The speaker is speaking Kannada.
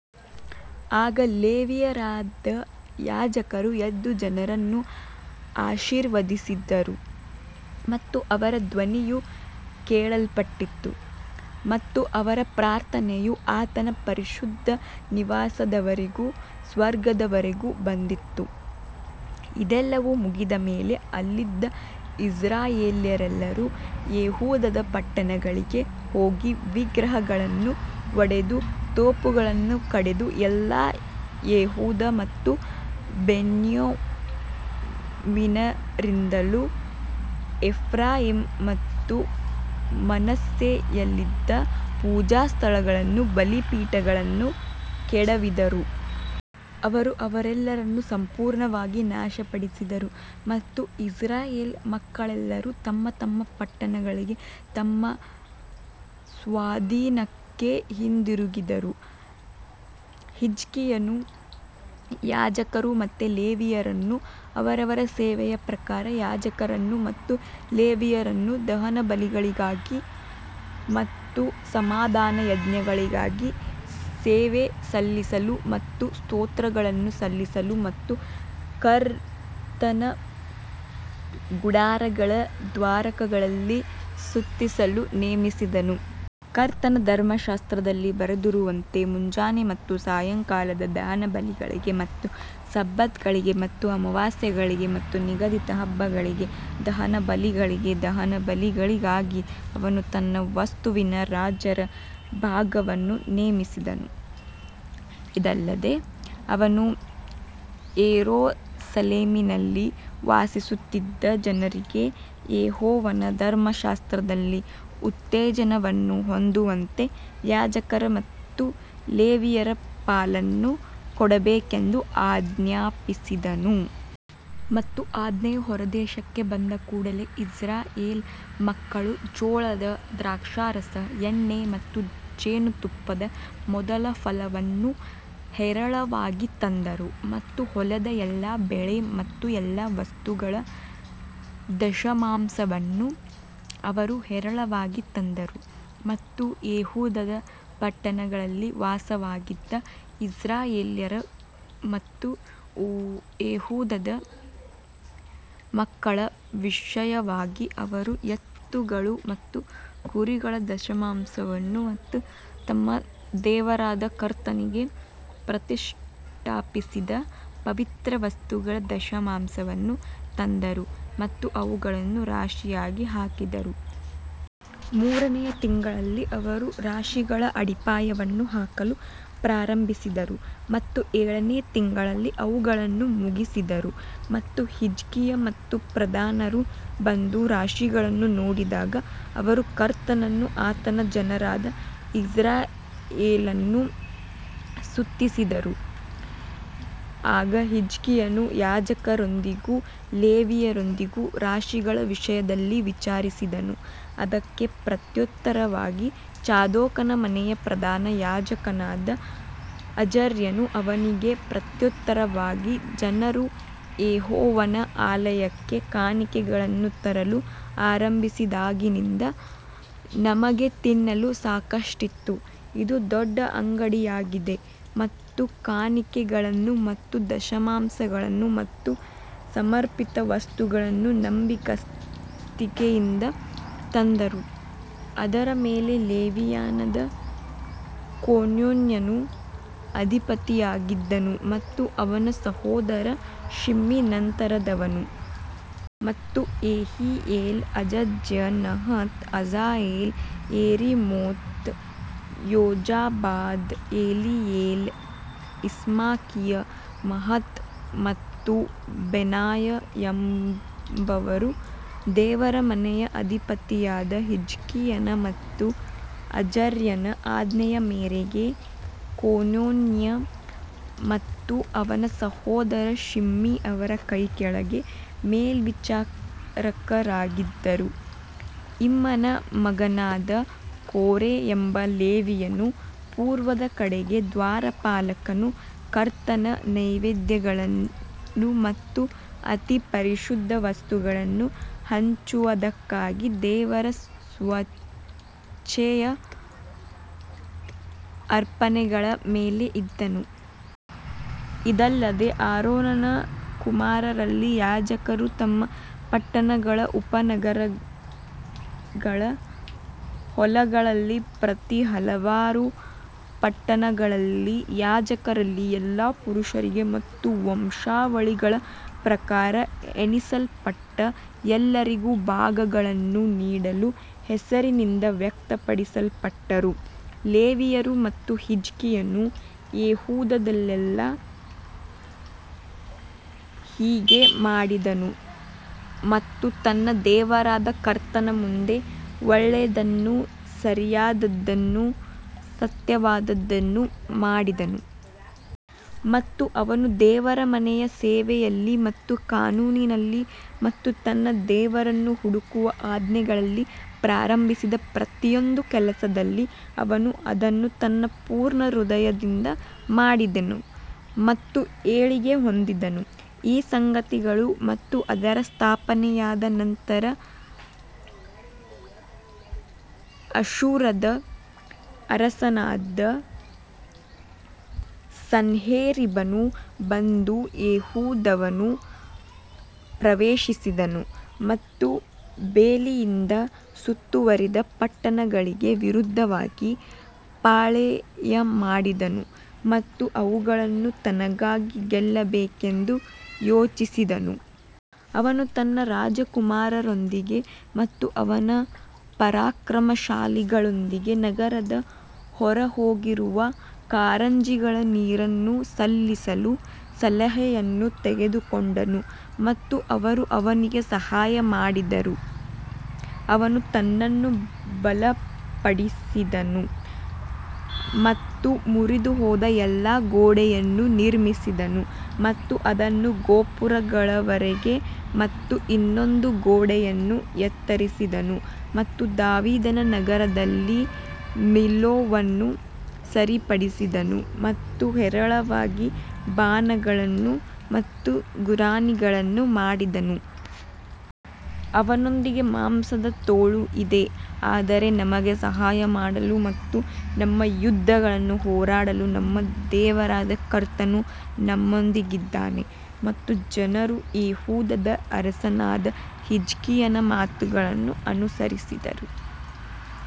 ಆಗ ಲೇವಿಯರಾದ ಯಾಜಕರು ಎದ್ದು ಜನರನ್ನು ಆಶೀರ್ವದಿಸಿದರು ಮತ್ತು ಅವರ ಧ್ವನಿಯು ಕೇಳಲ್ಪಟ್ಟಿತು ಮತ್ತು ಅವರ ಪ್ರಾರ್ಥನೆಯು ಆತನ ಪರಿಶುದ್ಧ ನಿವಾಸದವರೆಗೂ ಸ್ವರ್ಗದವರೆಗೂ ಬಂದಿತು. ಇದೆಲ್ಲವೂ ಮುಗಿದ ಮೇಲೆ ಅಲ್ಲಿದ್ದ ಇಸ್ರಾಯೇಲ್ಯರೆಲ್ಲರೂ ಯೆಹೂದದ ಪಟ್ಟಣಗಳಿಗೆ ಹೋಗಿ ವಿಗ್ರಹಗಳನ್ನು ಒಡೆದು ತೋಪುಗಳನ್ನು ಕಡಿದು ಎಲ್ಲಾ ಯೆಹೂದ ಮತ್ತು ಬೆನ್ಯಾಮಿನರಿಂದಲೂ ಎಫ್ರಾಯೀಮ್ ಮತ್ತು ಮನಸ್ಸೆಯಲ್ಲಿದ್ದ ಪೂಜಾಸ್ಥಳಗಳನ್ನೂ ಬಲಿಪೀಠಗಳನ್ನೂ ಕೆಡವಿದರು. ಅವರು ಅವರೆಲ್ಲರನ್ನೂ ಸಂಪೂರ್ಣವಾಗಿ ನಾಶಪಡಿಸಿದರು ಮತ್ತು ಇಸ್ರಾಯೇಲ್ ಮಕ್ಕಳೆಲ್ಲರೂ ತಮ್ಮ ತಮ್ಮ ಪಟ್ಟಣಗಳಿಗೆ ತಮ್ಮ ಸ್ವಾಧೀನಕ್ಕೆ ಹಿಂದಿರುಗಿದರು ಹಿಜ್ಕೀಯನು ಯಾಜಕರು ಮತ್ತು ಲೇವಿಯರನ್ನು ಅವರವರ ಸೇವೆಯ ಪ್ರಕಾರ ಯಾಜಕರನ್ನು ಮತ್ತು ಲೇವಿಯರನ್ನು ದಹನಬಲಿಗಳಿಗಾಗಿ ಮತ್ತು ಸಮಾಧಾನಯಜ್ಞಗಳಿಗಾಗಿ ಸೇವೆ ಸಲ್ಲಿಸಲು ಮತ್ತು ಸ್ತೋತ್ರಗಳನ್ನು ಸಲ್ಲಿಸಲು ಮತ್ತು ಕರ್ತನ ಗುಡಾರಗಳ ದ್ವಾರಗಳಲ್ಲಿ ಸ್ತುತಿಸಲು ನೇಮಿಸಿದನು. ಕರ್ತನ ಧರ್ಮಶಾಸ್ತ್ರದಲ್ಲಿ ಬರೆದಿರುವಂತೆ ಮುಂಜಾನೆ ಮತ್ತು ಸಾಯಂಕಾಲದ ದಹನಬಲಿಗಳಿಗೆ ಮತ್ತು ಸಬ್ಬತ್ಗಳಿಗೆ ಮತ್ತು ಅಮಾವಾಸ್ಯೆಗಳಿಗೆ ಮತ್ತು ನಿಗದಿತ ಹಬ್ಬಗಳಿಗೆ ದಹನಬಲಿಗಳಿಗೆ ದಹನಬಲಿಗಳಿಗಾಗಿ ಅವನು ತನ್ನ ವಸ್ತುವಿನ ರಾಜರ ಭಾಗವನ್ನು ನೇಮಿಸಿದನು. ಇದಲ್ಲದೆ ಅವನು ಯೆರೂಸಲೇಮಿನಲ್ಲಿ ವಾಸಿಸುತ್ತಿದ್ದ ಜನರಿಗೆ ಯೆಹೋವನ ಧರ್ಮಶಾಸ್ತ್ರದಲ್ಲಿ ಉತ್ತೇಜನವನ್ನು ಹೊಂದುವಂತೆ ಯಾಜಕರ ಮತ್ತು ಲೇವಿಯರ ಪಾಲನ್ನು ಕೊಡಬೇಕೆಂದು ಆಜ್ಞಾಪಿಸಿದನು. ಮತ್ತು ಆಜ್ಞೆಯು ಹೊರದೇಶಕ್ಕೆ ಬಂದ ಕೂಡಲೆ ಇಸ್ರಾಯೇಲ್ ಮಕ್ಕಳು ಜೋಳದ ದ್ರಾಕ್ಷಾರಸ, ಎಣ್ಣೆ ಮತ್ತು ಜೇನುತುಪ್ಪದ ಮೊದಲ ಫಲವನ್ನು ಹೇರಳವಾಗಿ ತಂದರು ಮತ್ತು ಹೊಲದ ಎಲ್ಲಾ ಬೆಳೆ ಮತ್ತು ಎಲ್ಲಾ ವಸ್ತುಗಳ ದಶಮಾಂಶವನ್ನು ಅವರು ಹೇರಳವಾಗಿ ತಂದರು. ಮತ್ತು ಯೆಹೂದದ ಪಟ್ಟಣಗಳಲ್ಲಿ ವಾಸವಾಗಿದ್ದ ಇಸ್ರಾಯೇಲ್ಯರ ಮತ್ತು ಯೆಹೂದದ ಮಕ್ಕಳ ವಿಷಯವಾಗಿ ಅವರು ಎತ್ತುಗಳು ಮತ್ತು ಕುರಿಗಳ ದಶಮಾಂಶವನ್ನು ಮತ್ತು ತಮ್ಮ ದೇವರಾದ ಕರ್ತನಿಗೆ ಪ್ರತಿಷ್ಠಾಪಿಸಿದ ಪವಿತ್ರ ವಸ್ತುಗಳ ದಶಮಾಂಶವನ್ನು ತಂದರು ಮತ್ತು ಅವುಗಳನ್ನು ರಾಶಿಯಾಗಿ ಹಾಕಿದರು. ಮೂರನೆಯ ತಿಂಗಳಲ್ಲಿ ಅವರು ರಾಶಿಗಳ ಅಡಿಪಾಯವನ್ನು ಹಾಕಲು ಪ್ರಾರಂಭಿಸಿದರು ಮತ್ತು ಏಳನೇ ತಿಂಗಳಲ್ಲಿ ಅವುಗಳನ್ನು ಮುಗಿಸಿದರು ಮತ್ತು ಹಿಜ್ಕೀಯ ಮತ್ತು ಪ್ರಧಾನರು ಬಂದು ರಾಶಿಗಳನ್ನು ನೋಡಿದಾಗ ಅವರು ಕರ್ತನನ್ನೂ ಆತನ ಜನರಾದ ಇಸ್ರಾಯೇಲನ್ನೂ ಸ್ತುತಿಸಿದರು. ಆಗ ಹಿಜ್ಕೀಯನು ಯಾಜಕರೊಂದಿಗೂ ಲೇವಿಯರೊಂದಿಗೂ ರಾಶಿಗಳ ವಿಷಯದಲ್ಲಿ ವಿಚಾರಿಸಿದನು ಅದಕ್ಕೆ ಪ್ರತ್ಯುತ್ತರವಾಗಿ ಚಾದೋಕನ ಮನೆಯ ಪ್ರಧಾನ ಯಾಜಕನಾದ ಅಜರ್ಯನು ಅವನಿಗೆ ಪ್ರತ್ಯುತ್ತರವಾಗಿ--ಜನರು ಯೆಹೋವನ ಆಲಯಕ್ಕೆ ಕಾಣಿಕೆಗಳನ್ನು ತರಲು ಆರಂಭಿಸಿದಾಗಿನಿಂದ ನಮಗೆ ತಿನ್ನಲು ಸಾಕಷ್ಟಿತ್ತು ಇದು ದೊಡ್ಡ ಅಂಗಡಿಯಾಗಿದೆ ಮತ್ತು ಕಾಣಿಕೆಗಳನ್ನು ಮತ್ತು ದಶಮಾಂಶಗಳನ್ನು ಮತ್ತು ಸಮರ್ಪಿತ ವಸ್ತುಗಳನ್ನು ನಂಬಿಗಸ್ತಿಕೆಯಿಂದ ತಂದರು, ಅದರ ಮೇಲೆ ಲೇವಿಯನಾದ ಕೊನೋನ್ಯನು ಅಧಿಪತಿಯಾಗಿದ್ದನು ಮತ್ತು ಅವನ ಸಹೋದರ ಶಿಮ್ಮಿ ನಂತರದವನು. ಮತ್ತು Jehiel, Azaziah, Nahath, Asahel, Jerimoth, Jozabad, Eliel, Ismachiah, Mahath ಮತ್ತು ಬೆನಾಯ ಎಂಬವರು ದೇವರ ಮನೆಯ ಅಧಿಪತಿಯಾದ ಹಿಜ್ಕೀಯನ ಮತ್ತು ಅಜರ್ಯನ ಆಜ್ಞೆಯ ಮೇರೆಗೆ ಕೊನೊನ್ಯ ಮತ್ತು ಅವನ ಸಹೋದರ ಶಿಮ್ಮಿ ಅವರ ಕೈಕೆಳಗೆ ಮೇಲ್ವಿಚಾರಕರಾಗಿದ್ದರು. ಇಮ್ನನ ಮಗನಾದ ಕೋರೆ ಎಂಬ ಲೇವಿಯನು ಪೂರ್ವದ ಕಡೆಗೆ ದ್ವಾರಪಾಲಕನು ಕರ್ತನ ನೈವೇದ್ಯಗಳನ್ನು ಮತ್ತು ಅತಿ ಪರಿಶುದ್ಧ ವಸ್ತುಗಳನ್ನು ಹಂಚುವದಕ್ಕಾಗಿ ದೇವರ ಸ್ವೇಚ್ಛೆಯ ಅರ್ಪಣೆಗಳ ಮೇಲೆ ಇದ್ದನು. ಇದಲ್ಲದೆ ಆರೋನನ ಕುಮಾರರಲ್ಲಿ ಯಾಜಕರು ತಮ್ಮ ಪಟ್ಟಣಗಳ ಉಪನಗರಗಳ ಹೊಲಗಳಲ್ಲಿ ಪ್ರತಿ ಹಲವಾರು ಪಟ್ಟಣಗಳಲ್ಲಿ ಯಾಜಕರಲ್ಲಿ ಎಲ್ಲಾ ಪುರುಷರಿಗೆ ಮತ್ತು ವಂಶಾವಳಿಗಳ ಪ್ರಕಾರ ಎಣಿಸಲ್ಪಟ್ಟ ಎಲ್ಲರಿಗೂ ಭಾಗಗಳನ್ನು ನೀಡಲು ಹೆಸರಿನಿಂದ ವ್ಯಕ್ತಪಡಿಸಲ್ಪಟ್ಟರು. ಲೇವಿಯರು ಮತ್ತು ಹಿಜ್ಕೀಯನು ಯೆಹೂದದಲ್ಲೆಲ್ಲಾ ಹೀಗೆ ಮಾಡಿದನು ಮತ್ತು ತನ್ನ ದೇವರಾದ ಕರ್ತನ ಮುಂದೆ ಒಳ್ಳೇದನ್ನೂ ಸರಿಯಾದದ್ದನ್ನೂ ಸತ್ಯವಾದದ್ದನ್ನೂ ಮಾಡಿದನು. ಮತ್ತು ಅವನು ದೇವರ ಮನೆಯ ಸೇವೆಯಲ್ಲಿ ಮತ್ತು ಕಾನೂನಿನಲ್ಲಿ ಮತ್ತು ತನ್ನ ದೇವರನ್ನು ಹುಡುಕುವ ಆಜ್ಞೆಗಳಲ್ಲಿ ಪ್ರಾರಂಭಿಸಿದ ಪ್ರತಿಯೊಂದು ಕೆಲಸದಲ್ಲಿ ಅವನು ಅದನ್ನು ತನ್ನ ಪೂರ್ಣ ಹೃದಯದಿಂದ ಮಾಡಿದನು ಮತ್ತು ಏಳಿಗೆ ಹೊಂದಿದ್ದನು. ಈ ಸಂಗತಿಗಳು ಮತ್ತು ಅದರ ಸ್ಥಾಪನೆಯಾದ ನಂತರ ಅಶ್ಶೂರದ ಅರಸನಾದ ಸನ್ಹೇರೀಬನು ಬಂದು ಯೆಹೂದವನ್ನು ಪ್ರವೇಶಿಸಿದನು ಮತ್ತು ಬೇಲಿಯಿಂದ ಸುತ್ತುವರಿದ ಪಟ್ಟಣಗಳಿಗೆ ವಿರುದ್ಧವಾಗಿ ಪಾಳೆಯಮಾಡಿದನು ಮತ್ತು ಅವುಗಳನ್ನು ತನಗಾಗಿ ಗೆಲ್ಲಬೇಕೆಂದು ಯೋಚಿಸಿದನು. ಅವನು ತನ್ನ ರಾಜಕುಮಾರರೊಂದಿಗೆ ಮತ್ತು ಅವನ ಪರಾಕ್ರಮಶಾಲಿಗಳೊಂದಿಗೆ ನಗರದ ಹೊರಗಿರುವ ಕಾರಂಜಿಗಳ ನೀರನ್ನು ನಿಲ್ಲಿಸಲು ಸಲಹೆಯನ್ನು ತೆಗೆದುಕೊಂಡನು ಮತ್ತು ಅವರು ಅವನಿಗೆ ಸಹಾಯ ಮಾಡಿದರು. ಅವನು ತನ್ನನ್ನು ಬಲಪಡಿಸಿದನು ಮತ್ತು ಮುರಿದುಹೋದ ಎಲ್ಲಾ ಗೋಡೆಯನ್ನು ನಿರ್ಮಿಸಿದನು ಮತ್ತು ಅದನ್ನು ಗೋಪುರಗಳವರೆಗೆ ಮತ್ತು ಇನ್ನೊಂದು ಗೋಡೆಯನ್ನು ಎತ್ತರಿಸಿದನು ಮತ್ತು ದಾವೀದನ ನಗರದಲ್ಲಿ ಮಿಲ್ಲೋವನ್ನು ಸರಿಪಡಿಸಿದನು ಮತ್ತು ಹೇರಳವಾಗಿ ಬಾಣಗಳನ್ನು ಮತ್ತು ಗುರಾಣಿಗಳನ್ನು ಮಾಡಿದನು. ಅವನೊಂದಿಗೆ ಮಾಂಸದ ತೋಳು ಇದೆ ಆದರೆ ನಮಗೆ ಸಹಾಯ ಮಾಡಲು ಮತ್ತು ನಮ್ಮ ಯುದ್ಧಗಳನ್ನು ಹೋರಾಡಲು ನಮ್ಮ ದೇವರಾದ ಕರ್ತನು ನಮ್ಮೊಂದಿಗಿದ್ದಾನೆ ಮತ್ತು ಜನರು ಯೆಹೂದದ ಅರಸನಾದ ಹಿಜ್ಕೀಯನ ಮಾತುಗಳನ್ನು ಅನುಸರಿಸಿದರು.